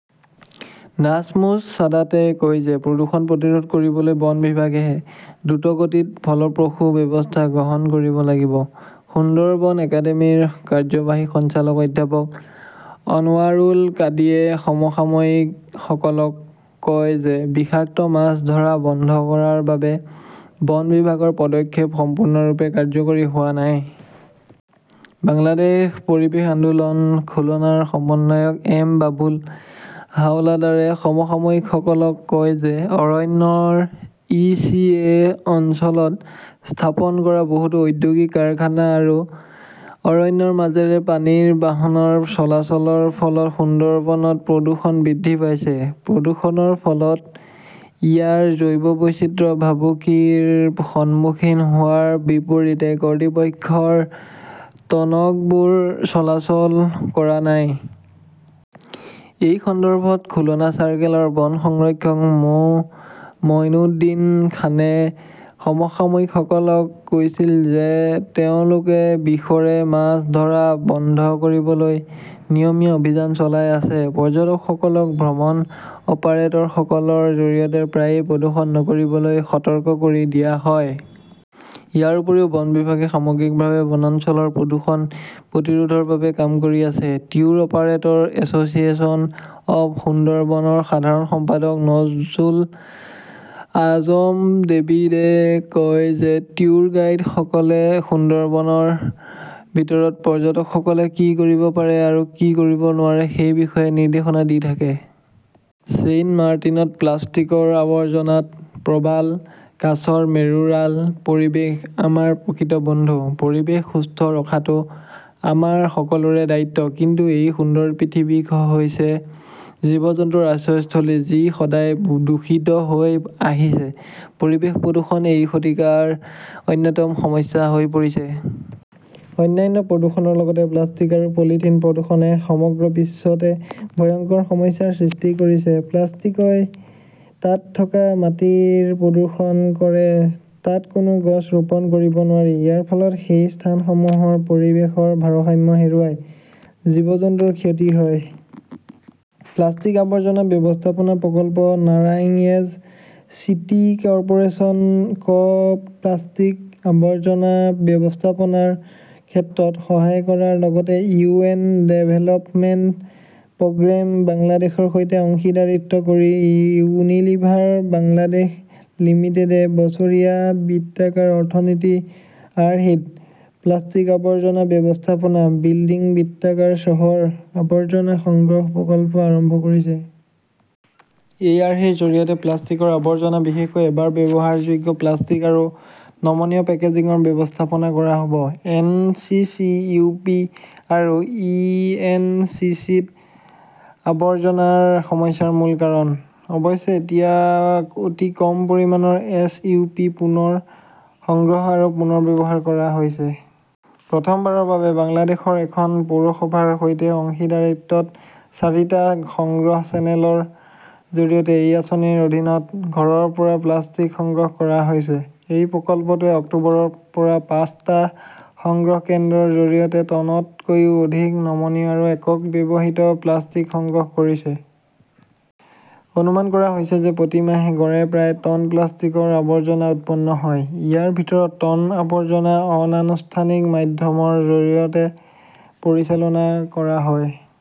নাজমুছ ছাদাতে কয় যে প্ৰদূষণ প্ৰতিৰোধ কৰিবলৈ বন বিভাগেহে দ্ৰুতগতিত ফলপ্ৰসূ ব্যৱস্থা গ্ৰহণ কৰিব লাগিব। সুন্দৰবন একাডেমীৰ কাৰ্যবাহী সঞ্চালক অধ্যাপক অনৱাৰুল কাদিয়ে সমসাময়িকসকলক কয় যে বিষাক্ত মাছ ধৰা বন্ধ কৰাৰ বাবে বন বিভাগৰ পদক্ষেপ সম্পূৰ্ণৰূপে কাৰ্যকৰী হোৱা নাই। বাংলাদেশ পৰিৱেশ আন্দোলন খুলনাৰ সমন্বয়ক এম বাবুল হাওলাডাৰে সমসাময়িকসকলক কয় যে অৰণ্যৰ ই. চি. এ. অঞ্চলত স্থাপন কৰা বহুতো ঔদ্যোগিক কাৰখানা আৰু অৰণ্যৰ মাজেৰে পানীৰ বাহনৰ চলাচলৰ ফলত সুন্দৰবনত প্ৰদূষণ বৃদ্ধি পাইছে। প্ৰদূষণৰ ফলত ইয়াৰ জৈৱ বৈচিত্ৰ্য ভাবুকিৰ সন্মুখীন হোৱাৰ বিপৰীতে কৰ্তৃপক্ষৰ টনকবোৰ চলাচল কৰা নাই। এই সন্দৰ্ভত খুলনা চাৰ্কেলৰ বন সংৰক্ষক মো. মইনুদ্দিন খানে সমসাময়িকসকলক কৈছিল যে তেওঁলোকে বিষৰে মাছ ধৰা বন্ধ কৰিবলৈ নিয়মীয়া অভিযান চলাই আছে। পৰ্যটকসকলক ভ্ৰমণ অপাৰেটৰসকলৰ জৰিয়তে প্ৰায়ে প্ৰদূষণ নকৰিবলৈ সতৰ্ক কৰি দিয়া হয়। ইয়াৰ উপৰিও, বন বিভাগে সামগ্ৰিকভাৱে বনাঞ্চলৰ প্ৰদূষণ প্ৰতিৰোধৰ বাবে কাম কৰি আছে। Tour operator "association of Sundarban ৰ সাধাৰণ সম্পাদক নজজুল আজম ডেভিডে কয় যে ট্যুৰ গাইডসকলে সুন্দৰবনৰ ভিতৰত পৰ্যটকসকলে কি কৰিব পাৰে আৰু কি কৰিব নোৱাৰে সেই বিষয়ে নিৰ্দেশনা দি থাকে। ছেইণ্টমাৰ্টিনত প্লাষ্টিকৰ আৱৰ্জনাত প্ৰবাল, কাছৰ মেৰুৰাল পৰিৱেশ আমাৰ প্ৰকৃত বন্ধু। পৰিৱেশ সুস্থ ৰখাটো আমাৰ সকলোৰে দায়িত্ব। কিন্তু এই সুন্দৰ পৃথিৱী হৈছে জীৱ-জন্তুৰ আশ্ৰয়স্থলী যি সদায় দূষিত হৈ আহিছে। পৰিৱেশ প্ৰদূষণ এই শতিকাৰ অন্যতম সমস্যা হৈ পৰিছে। অন্যান্য প্ৰদূষণৰ লগতে প্লাষ্টিক আৰু পলিথিন প্ৰদূষণে সমগ্ৰ বিশ্বতে ভয়ংকৰ সমস্যাৰ সৃষ্টি কৰিছে। প্লাষ্টিকই তাত থকা মাটিৰ প্ৰদূষণ কৰে। তাত কোনো গছ ৰোপণ কৰিব নোৱাৰি। ইয়াৰ ফলত সেই স্থানসমূহৰ পৰিৱেশৰ ভাৰসাম্য হেৰুৱায়, জীৱ-জন্তুৰ ক্ষতি হয়। প্লাষ্টিক আৱৰ্জনা ব্যৱস্থাপনা প্ৰকল্প নাৰাংয়েজ চিটি কৰ্পোৰেচন ক প্লাষ্টিক আৱৰ্জনা ব্যৱস্থাপনাৰ ক্ষেত্ৰত সহায় কৰাৰ লগতে ইউ. এন. ডেভেলপমেণ্ট প্ৰগ্ৰেম বাংলাদেশৰ সৈতে অংশীদাৰিত্ব কৰি ইউনিলিভাৰ বাংলাদেশ লিমিটেডে বছৰীয়া বৃত্তাকাৰ অৰ্থনীতি আৰ্হিত 'প্লাষ্টিক আৱৰ্জনা ব্যৱস্থাপনাঃ বিল্ডিং বৃত্তাকাৰ চহৰ' আৱৰ্জনা সংগ্ৰহ প্ৰকল্প আৰম্ভ কৰিছে। এই আৰ্হিৰ জৰিয়তে প্লাষ্টিকৰ আৱৰ্জনা, বিশেষকৈ এবাৰ ব্যৱহাৰযোগ্য প্লাষ্টিক আৰু নমনীয় পেকেজিংৰ ব্যৱস্থাপনা কৰা হ 'ব। N. C. C. U. P. আৰু ই এন. চি. চি. ত আৱৰ্জনাৰ সমস্যাৰ মূল কাৰণ। অৱশ্যে, এতিয়া অতি কম পৰিমাণৰ এছইউপি পুনৰ সংগ্ৰহ আৰু পুনৰ্ব্যৱহাৰ কৰা হৈছে। প্ৰথমবাৰৰ বাবে বাংলাদেশৰ এখন পৌৰসভাৰ সৈতে অংশীদাৰিত্বত চাৰি টা সংগ্ৰহ চেনেলৰ জৰিয়তে এই আঁচনিৰ অধীনত ঘৰৰ পৰা প্লাষ্টিক সংগ্ৰহ কৰা হৈছে। এই প্ৰকল্পটোৱে অক্টোবৰৰ পৰা পাঁচ টা সংগ্ৰহ কেন্দ্ৰৰ জৰিয়তে টনতকৈও অধিক নমনীয় আৰু একক ব্যৱহৃত প্লাষ্টিক সংগ্ৰহ কৰিছে। অনুমান কৰা হৈছে যে প্ৰতি মাহে গড়ে প্ৰায় টন প্লাষ্টিকৰ আৱৰ্জনা উৎপন্ন হয়। ইয়াৰ ভিতৰত টন আৱৰ্জনা অনানুষ্ঠানিক মাধ্যমৰ জৰিয়তে পৰিচালনা কৰা হয়,